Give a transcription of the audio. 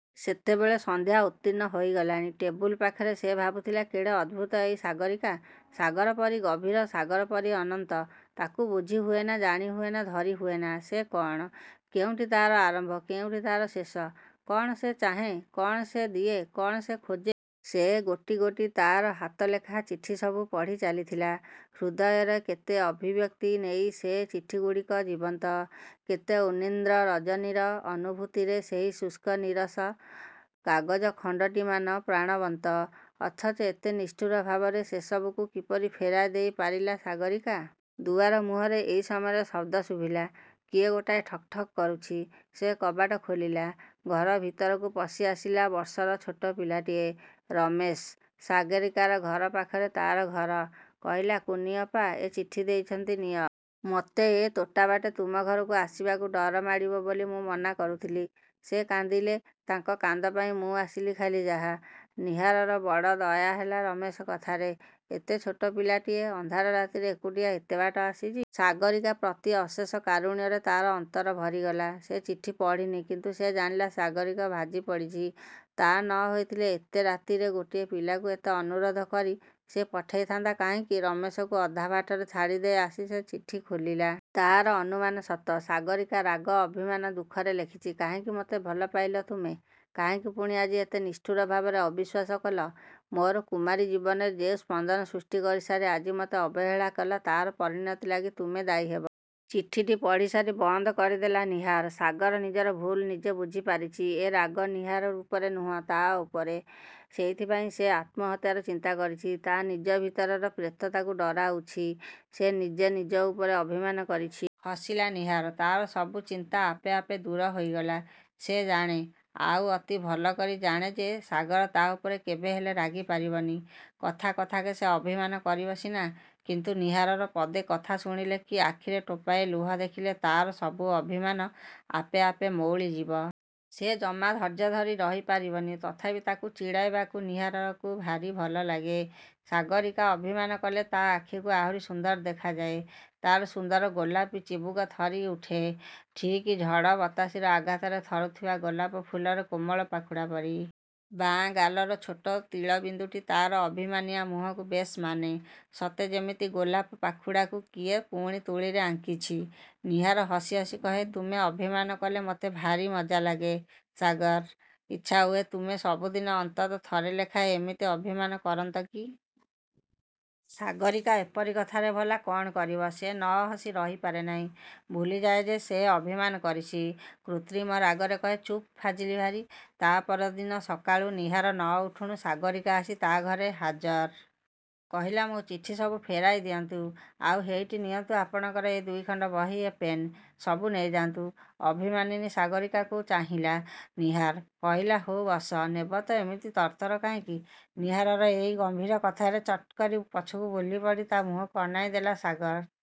ସେତେବେଳେ ସନ୍ଧ୍ୟା ଉତ୍ତୀର୍ଣ୍ଣ ହୋଇଗଲାଣି। ଟେବୁଲ୍ ପାଖରେ ସେ ଭାବୁଥିଲା କେଡ଼େ ଅଦ୍ଭୁତ ଏଇ ସାଗରୀକା; ସାଗର ପରି ଗଭୀର–ସାଗର ପରି ଅନନ୍ତ। ତାକୁ ବୁଝି ହୁଏନା–ଜାଣି ହୁଏନା–ଧରି ହୁଏନା। ସେ କ'ଣ? କେଉଁଠି ତା'ର ଆରମ୍ଭ; କେଉଁଠି ତା'ର ଶେଷ? କ'ଣ ସେ ଚାହେଁ, କ'ଣ ସେ ଦିଏ, କ'ଣ ସେ ଖୋଜେ? ସେ ଗୋଟି ଗୋଟି ତା'ର ହାତଲେଖା ଚିଠି ସବୁ ପଢ଼ି ଚାଲିଥିଲା। ହୃଦୟର କେତେ ଅଭିବ୍ୟକ୍ତି ନେଇ ସେ ଚିଠିଗୁଡ଼ିକ ଜୀବନ୍ତ। କେତେ ଉନ୍ନିଦ୍ର ରଜନୀର ଅନୁଭୂତିରେ ସେହି ଶୁଷ୍କ ନୀରସ କାଗଜ ଖଣ୍ତଟିମାନ ପ୍ରାଣବନ୍ତ; ଅଥଚ ଏତେ ନିଷ୍ଠୁର ଭାବରେ ସେସବୁକୁ କିପରି ଫେରାଇ ଦେଇ ପାରିଲା ସାଗରୀକା। ଦୁଆର ମୁହଁରେ ଏଇ ସମୟରେ ଶବ୍ଦ ଶୁଭିଲା। କିଏ ଗୋଟିଏ ଠକ୍ ଠକ୍ କରୁଛି। ସେ କବାଟ ଖୋଲିଲା। ଘର ଭିତରକୁ ପଶି ଆସିଲା ବର୍ଷର ଛୋଟ ପିଲାଟିଏ। ରମେଶ। ସାଗରୀକାର ଘର ପାଖରେ ତା'ର ଘର। କହିଲା–''କୁନି ଅପା ଏ ଚିଠି ଦେଇଛନ୍ତି ନିଅ। ମୋତେ ଏ ତୋଟାବାଟେ ତୁମ ଘରକୁ ଆସିବାକୁ ଡର ମାଡ଼ିବ ବୋଲି ମୁଁ ମନା କରୁଥିଲି। ସେ କାନ୍ଦିଲେ। ତାଙ୍କ କାନ୍ଦ ପାଇଁ ମୁଁ ଆସିଲି ଖାଲି ଯାହା। '' ନୀହାରର ବଡ଼ ଦୟାହେଲା ରମେଶ କଥାରେ। ଏଡ଼େ ଛୋଟ ପିଲାଟିଏ, ଅନ୍ଧାର ରାତିରେ ଏକୁଟିଆ ଏତେ ବାଟ ଆସିଛି। ସାଗରୀକା ପ୍ରତି ଅଶେଷ କାରୁଣ୍ୟରେ ତା'ର ଅନ୍ତର ଭରିଗଲା। ସେ ଚିଠି ପଢ଼ିନି। କିନ୍ତୁ ସେ ଜାଣିଲା ସାଗରୀକା ଭାଜି ପଡ଼ିଛି। ତା' ନ ହୋଇଥିଲେ ଏତେ ରାତିରେ ଗୋଟିଏ ପିଲାକୁ ଏତେ ଅନୁରୋଧ କରି ସେ ପଠାଇଥାନ୍ତା କାହିଁକି। ରମେଶକୁ ଅଧା ବାଟରେ ଛାଡ଼ିଦେଇ ଆସି ସେ ଚିଠି ଖୋଲିଲା। ତା'ର ଅନୁମାନ ସତ। ସାଗରୀକା ରାଗ, ଅଭିମାନ ଦୁଃଖରେ ଲେଖିଛି–''କାହିଁକି ମୋତେ ଭଲପାଇଲ ତୁମେ? କାହିଁକି ପୁଣି ଆଜି ଏତେ ନିଷ୍ଠୁର ଭାବରେ ଅବିଶ୍ୱାସ କଲ। ମୋର କୁମାରୀ ଜୀବନରେ ଯେଉଁ ସ୍ପନ୍ଦନ ସୃଷ୍ଟି କରିସାରି ଆଜି ମୋତେ ଅବହେଳା କଲ ତା'ର ପରିଣତି ଲାଗି ତୁମେ ଦାୟୀ ହେବ। '' ଚିଠିଟି ପଢ଼ିସାରି ବନ୍ଦ କରିଦେଲା ନୀହାର। ସାଗର ନିଜର ଭୁଲ୍ ନିଜେ ବୁଝିପାରିଛି। ଏ ରାଗ ନୀହାର ଉପରେ ନୁହଁ–ତା' ଉପରେ। ସେଇଥିପାଇଁ ସେ ଆତ୍ମହତ୍ୟାର ଚିନ୍ତା କରିଛି। ତା' ନିଜ ଭିତରର ପ୍ରେତ ତାକୁ ଡରାଉଛି। ସେ ନିଜେ ନିଜ ଉପରେ ଅଭିମାନ କରିଛି। ହସିଲା ନୀହାର। ତା'ର ସବୁ ଚିନ୍ତା ଆପେ ଆପେ ଦୂର ହୋଇଗଲା। ସେ ଜାଣେ, ଆଉ ଅତି ଭଲ କରି ଜାଣେ ଯେ ସାଗର ତା' ଉପରେ କେବେହେଲେ ରାଗିପାରିବନି। କଥା କଥାକେ ସେ ଅଭିମାନ କରିବ ସିନା; କିନ୍ତୁ ନୀହାରର ପଦେ କଥା ଶୁଣିଲେ, କି ଆଖିରେ ଟୋପାଏ ଲୁହ ଦେଖିଲେ ତା'ର ସବୁ ଅଭିମାନ ଆପେ ଆପେ ମଉଳି ଯିବ। ସେ ଜମା ଧୈର୍ଯ୍ୟଧରି ରହିପାରିବନି ତଥାପି ତାକୁ ଚିଡ଼ାଇବାକୁ ନୀହାରକୁ ଭାରୀ ଭଲ ଲାଗେ। ସାଗରୀକା ଅଭିମାନ କଲେ ତା' ଆଖିକୁ ଆହୁରି ସୁନ୍ଦର ଦେଖାଯାଏ। ତା'ର ସୁନ୍ଦର ଗୋଲାପୀ ଚିବୁକ ଥରି ଥରି ଉଠେ; ଠିକ୍ ଝଡ଼ ବତାସିର ଆଘାତରେ ଥରୁଥିବା ଗୋଲାପ-ଫୁଲର କୋମଳ ପାଖୁଡ଼ା ପରି। ବାଁ ଗାଲର ଛୋଟ ତିଳ ବିନ୍ଦୁଟି ତା'ର ଅଭିମାନିଆଁ ମୁହଁକୁ ବେଶ୍ ମାନେ। ସତେ ଯେମିତି ଗୋଲାପ-ପାଖୁଡ଼ାକୁ କିଏ ପୁଣି ତୂଳୀରେ ଆଙ୍କିଛି। ନୀହାର ହସି ହସି କହେ–''ତୁମେ ଅଭିମାନ କଲେ ମୋତେ ଭାରୀ ମଜା ଲାଗେ; ସାଗର! ଇଚ୍ଛାହୁଏ ତୁମେ ସବୁଦିନ ଅନ୍ତତଃ ଥରେ ଲେଖାଏ ଏମିତି ଅଭିମାନ କରନ୍ତ କି? ସାଗରୀକା ଏପରି କଥାରେ ଭଲା କ'ଣ କରିବ? ସେ ନ ହସି ରହିପାରେ ନାହିଁ। ଭୁଲିଯାଏ ଯେ ସେ ଅଭିମାନ କରିଛି। କୃତ୍ରିମ ରାଗରେ କହେ–''ଚୁପ୍–ଫାଜିଲ୍ ଭାରୀ। '' ତା' ପର ଦିନ ସକାଳୁ ନୀହାର ନ ଉଠୁଣୁ ସାଗରୀକା ଆସି ତା' ଘରେ ହାଜର। କହିଲା–''ମୋ ଚିଠି ସବୁ ଫେରାଇ ଦିଅନ୍ତୁ; ଆଉ ହେଇଟି ନିଅନ୍ତୁ ଆପଣଙ୍କର ଏ ଦୁଇଖଣ୍ତ ବହି, ଏ ପେନ୍। ସବୁ ନେଇଯାନ୍ତୁ। '' ଅଭିମାନିନୀ ସାଗରୀକାକୁ ଚାହିଁଲା ନୀହାର। କହିଲା–''ହଉ ବସ–ନେବ ତ ଏମିତି ତରତର କାହିଁକି? '' ନୀହାରର ଏଇ ଗମ୍ଭୀର କଥା ଶୁଣି ଚଟ୍କରି ପଛକୁ ବୁଲିପଡ଼ି ତା' ମୁହଁକୁ ଅନାଇ ଦେଲା ସାଗର।